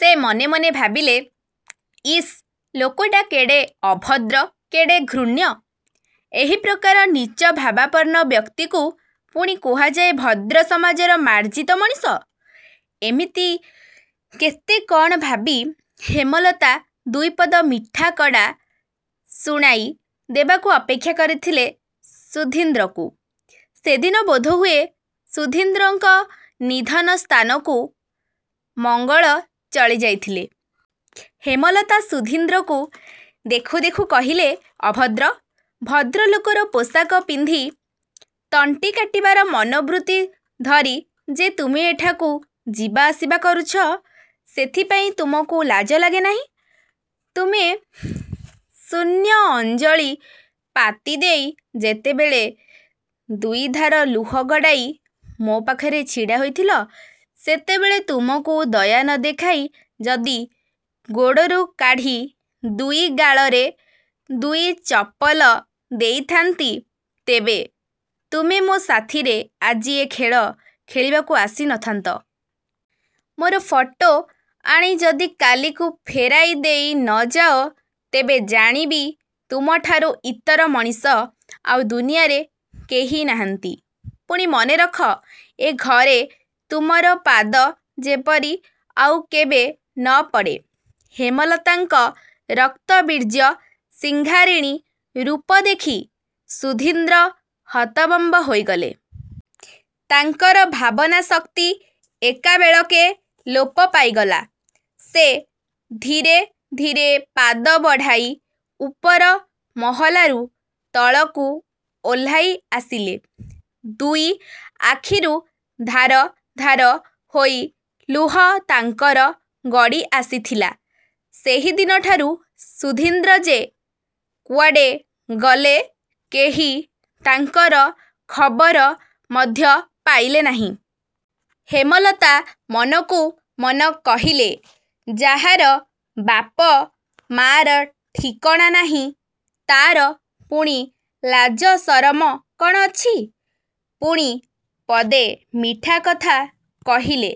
ସେ ମନେମନେ ଭାବିଲେ, ''ଇସ୍ ଲୋକଟା କେଡ଼େ ଅଭଦ୍ର, କେଡ଼େ ଘୃଣ୍ୟ? ଏହିପ୍ରକାର ନୀଚଭାବାପନ୍ନ ବ୍ୟକ୍ତିକୁ ପୁଣି କୁହାଯାଏ ଭଦ୍ର ସମାଜର ମାର୍ଜିତ ମଣିଷ? ଏମିତି କେତେ କ'ଣ ଭାବି ହେମଲତା ଦୁଇପଦ ମିଠାକଡ଼ା ଶୁଣାଇ ଦେବାକୁ ଅପେକ୍ଷା କରିଥିଲେ ସୁଧୀନ୍ଦ୍ରକୁ। '' ସେଦିନ ବୋଧହୁଏ ସୁଧୀନ୍ଦ୍ରଙ୍କ ନିଧନ ସ୍ଥାନକୁ ମଙ୍ଗଳ ଚଳିଯାଇଥିଲେ। ହେମଲତା ସୁଧୀନ୍ଦ୍ରକୁ ଦେଖୁଦେଖୁ କହିଲେ, ''ଅଭଦ୍ର! ଭଦ୍ରଲୋକର ପୋଷାକ ପିନ୍ଧି ତଣ୍ଟି କାଟିବାର ମନୋବୃତ୍ତି ଧରି ଯେ ତୁମେ ଏଠାକୁ ଯିବାଆସିବା କରୁଛ, ସେଥିପାଇଁ ତୁମକୁ ଲାଜ ଲାଗେନାହିଁ। ତୁମେ ଶୂନ୍ୟ ଅଞ୍ଜଳି ପାତିଦେଇ ଯେତେବେଳେ ଦୁଇଧାର ଲୁହ ଗଡ଼ାଇ ମୋ ପାଖରେ ଛିଡ଼ା ହୋଇଥିଲ, ସେତେବେଳେ ତୁମକୁ ଦୟା ନ ଦେଖାଇ ଯଦି ଗୋଡ଼ରୁ କାଢ଼ି ଦୁଇ ଗାଳରେ ଦୁଇ ଚପଲ ଥୋଇଥାନ୍ତି, ତେବେ ତୁମେ ମୋ ସାଥୀରେ ଆଜି ଏ ଖେଳ ଖେଳିବାକୁ ଆସିନଥାନ୍ତ? ମୋର ଫଟୋ ଆଣି ଯଦି କାଲିକୁ ଫେରାଇ ଦେଇ ନ ଯାଅ ତେବେ ଜାଣିବି ତୁମଠାରୁ ଇତର ମଣିଷ ଆଉ ଦୁନିଆରେ କେହି ନାହାନ୍ତି। ପୁଣି ମନେରଖ, ଏ ଘରେ ତୁମର ପାଦ ଯେପରି ଆଉ କେବେ ନ ପଡ଼େ। '' ହେମଲତାଙ୍କ ରକ୍ତବୀର୍ଯ୍ୟ ସଂହାରିଣୀ ରୂପଦେଖି ସୁଧୀନ୍ଦ୍ର ହତବମ୍ବ ହୋଇଗଲେ। ତାଙ୍କର ଭାବନାଶକ୍ତି ଏକାବେଳକେ ଲୋପ ପାଇଗଲା। ସେ ଧୀରେ ଧୀରେ ପାଦ ବଢ଼ାଇ ଉପର ମହଲାରୁ ତଳକୁ ଓହ୍ଲାଇ ଆସିଲେ। ଦୁଇ ଆଖିରୁ ଧାର ଧାର ହୋଇ ଲୁହ ତାଙ୍କର ଗଡ଼ିଆସିଥିଲା। ସେହିଦିନଠାରୁ ସୁଧୀନ୍ଦ୍ର ଯେ କୁଆଡ଼େ ଗଲେ କେହି ତାଙ୍କର ଖବର ମଧ୍ୟ ପାଇଲେ ନାହିଁ। ହେମଲତା ମନକୁ ମନ କହିଲେ, ଯାହାର ବାପ ମାଆର ଠିକଣା ନାହିଁ ତା'ର ପୁଣି ଲାଜସରମ କ'ଣ ଅଛି? ପୁଣି ପଦେ ମିଠାକଥା କହିଲେ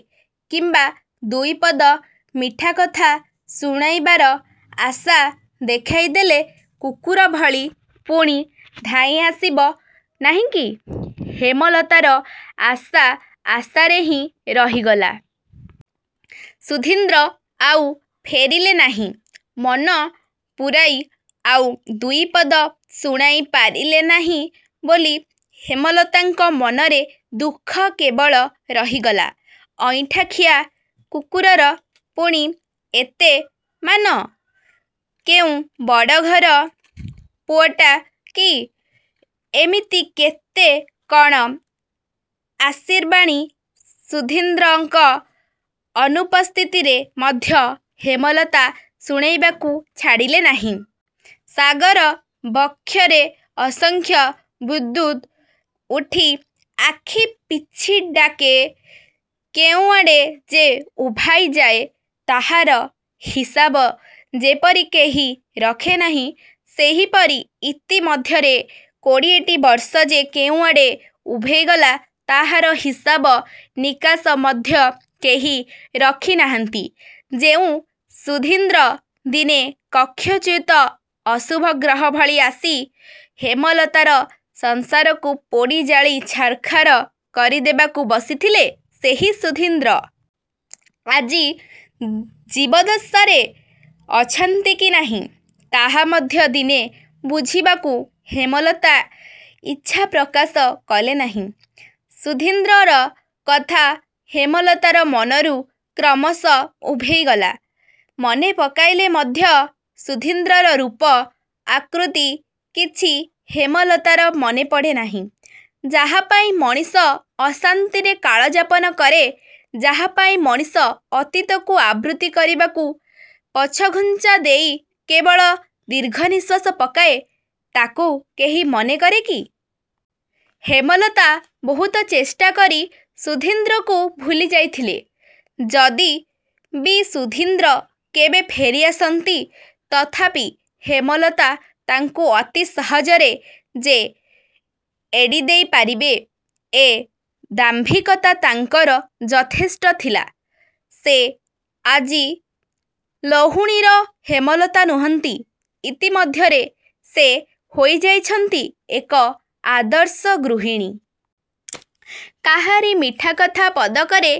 କିମ୍ବା ଦୁଇପଦ ମିଠାକଥା ଶୁଣାଇବାର ଆଶା ଦେଖାଇଦେଲେ କୁକୁରଭଳି ପୁଣି ଧାଇଁ ଆସିବ ନାହିଁକି? ହେମଲତାର ଆଶା ଆଶାରେ ହିଁ ରହିଗଲା। ସୁଧୀନ୍ଦ୍ର ଆଉ ଫେରିଲେ ନାହିଁ। ମନ ପୂରାଇ ଆଉ ଦୁଇପଦ ଶୁଣାଇ ପାରିଲେ ନାହିଁ ବୋଲି ହେମଲତାଙ୍କ ମନରେ ଦୁଃଖ କେବଳ ରହିଗଲା। ଅଇଁଠାଖିଆ କୁକୁରର ପୁଣି ଏତେ ମାନ? କେଉଁ ବଡ଼ଘର ପୁଅଟା କି? ଏମିତି କେତେ କ'ଣ ଆଶୀର୍ବାଣୀ ସୁଧୀନ୍ଦ୍ରଙ୍କ ଅନୁପସ୍ଥିତିରେ ମଧ୍ୟ ହେମଲତା ଶୁଣାଇବାକୁ ଛାଡ଼ିଲେ ନାହିଁ। ସାଗର ବକ୍ଷରେ ଅସଂଖ୍ୟ ବୁଦ୍ବୁଦ୍ ଉଠି ଆଖିପିଛଡ଼ାକେ କେଉଁଆଡ଼େ ଯେ ଉଭାଇଯାଏ ତାହାର ହିସାବ ଯେପରି କେହି ରଖେ ନାହିଁ, ସେହିପରି ଇତିମଧ୍ୟରେ କୋଡ଼ିଏଟି ବର୍ଷ ଯେ କେଉଁଆଡ଼େ ଉଭେଇଗଲା, ତାହାର ହିସାବ ନିକାଶ ମଧ୍ୟ କେହି ରଖିନାହାନ୍ତି। ଯେଉଁ ସୁଧୀନ୍ଦ୍ର ଦିନେ କକ୍ଷଚ୍ୟୁତ ଅଶୁଭଗ୍ରହ ଭଳି ଆସି ହେମଲତାର ସଂସାରକୁ ପୋଡ଼ିଜାଳି ଛାରଖାର କରିଦେବାକୁ ବସିଥିଲେ, ସେହି ସୁଧୀନ୍ଦ୍ର। ଆଜି ଜୀବଦ୍ଦଶାରେ ଅଛନ୍ତି କି ନାହିଁ, ତାହା ମଧ୍ୟ ଦିନେ ବୁଝିବାକୁ ହେମଲତା ଇଚ୍ଛା ପ୍ରକାଶ କଲେ ନାହିଁ। ସୁଧୀନ୍ଦ୍ରର କଥା ହେମଲତାର ମନରୁ କ୍ରମଶଃ ଉଭେଇଗଲା। ମନେପକାଇଲେ ମଧ୍ୟ ସୁଧୀନ୍ଦ୍ରର ରୂପ, ଆକୃତି କିଛି ହେମଲତାର ମନେପଡ଼େ ନାହିଁ। ଯାହାପାଇଁ ମଣିଷ ଅଶାନ୍ତିରେ କାଳ ଯାପନ କରେ, ଯାହାପାଇଁ ମଣିଷ ଅତୀତକୁ ଆବୃତ୍ତି କରିବାକୁ ପଛଘୁଞ୍ଚା ଦେଇ କେବଳ ଦୀର୍ଘନିଶ୍ୱାସ ପକାଏ, ତାକୁ କେହି ମନେକରେ କି? ହେମଲତା ବହୁତ ଚେଷ୍ଟାକରି ସୁଧୀନ୍ଦ୍ରକୁ ଭୁଲିଯାଇଥିଲେ। ଯଦି ବି ସୁଧୀନ୍ଦ୍ର କେବେ ଫେରିଆସନ୍ତି, ତଥାପି ହେମଲତା ତାଙ୍କୁ ଅତି ସହଜରେ ଯେ ଏଡ଼ିଦେଇ ପାରିବେ, ଏ ଦାମ୍ଭିକତା ତାଙ୍କର ଯଥେଷ୍ଟ ଥିଲା। ସେ ଆଜି ଲହୁଣୀର ହେମଲତା ନୁହଁନ୍ତି। ଇତିମଧ୍ୟରେ ସେ ହୋଇଯାଇଛନ୍ତି ଏକ ଆଦର୍ଶ ଗୃହିଣୀ। କାହାରି ମିଠାକଥା ପଦକରେ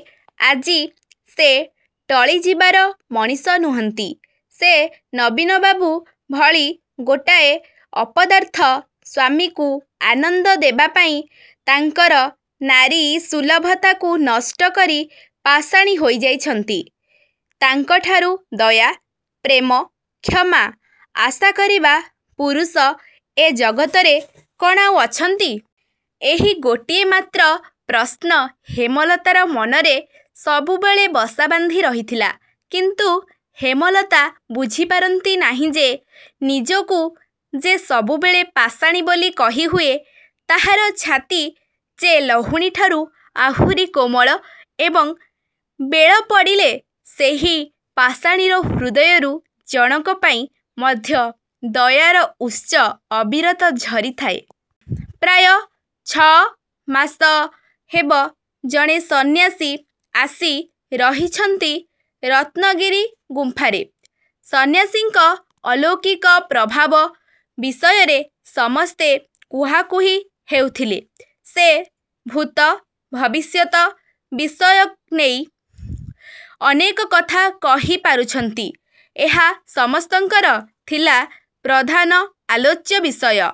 ଆଜି ସେ ଟଳିଯିବାର ମଣିଷ ନୁହଁନ୍ତି। ସେ ନବୀନବାବୁ ଭଳି ଗୋଟାଏ ଅପଦାର୍ଥ ସ୍ୱାମୀକୁ ଆନନ୍ଦ ଦେବାପାଇଁ ତାଙ୍କର ନାରୀସୁଲଭତାକୁ ନଷ୍ଟକରି ପାଷାଣୀ ହୋଇଯାଇଛନ୍ତି। ତାଙ୍କଠାରୁ ଦୟା, ପ୍ରେମ, କ୍ଷମା ଆଶା କରିବା ପୁରୁଷ ଏ ଜଗତରେ କ'ଣ ଆଉ ଅଛନ୍ତି? ଏହି ଗୋଟିଏ ମାତ୍ର ପ୍ରଶ୍ନ ହେମଲତାର ମନରେ ସବୁବେଳେ ବସାବାନ୍ଧି ରହିଥିଲା। କିନ୍ତୁ ହେମଲତା ବୁଝିପାରନ୍ତି ନାହିଁ ଯେ, ନିଜକୁ ଯେ ସବୁବେଳେ ପାଷାଣୀ ବୋଲି କହିହୁଏ, ତାହାର ଛାତି ଯେ ଲହୁଣୀଠାରୁ ଆହୁରି କୋମଳ ଏବଂ ବେଳ ପଡ଼ିଲେ ସେହି ପାଷାଣୀର ହୃଦୟରୁ ଜଣକ ପାଇଁ ମଧ୍ୟ ଦୟାର ଉତ୍ସ ଅବିରତ ଝରିଥାଏ। ପ୍ରାୟ ଛଅ ମାସ ହେବ ଜଣେ ସନ୍ୟାସୀ ଆସି ରହିଛନ୍ତି ରତ୍ନଗିରି ଗୁମ୍ପାରେ। ସନ୍ୟାସୀଙ୍କ ଅଲୌକିକ ପ୍ରଭାବ ବିଷୟରେ ସମସ୍ତେ କୁହାକୁହି ହେଉଥିଲେ। ସେ ଭୂତ, ଭବିଷ୍ୟତ ବିଷୟନେଇ ଅନେକ କଥା କହିପାରୁଛନ୍ତି ଏହା ସମସ୍ତଙ୍କର ଥିଲା ପ୍ରଧାନ ଆଲୋଚ୍ୟ ବିଷୟ।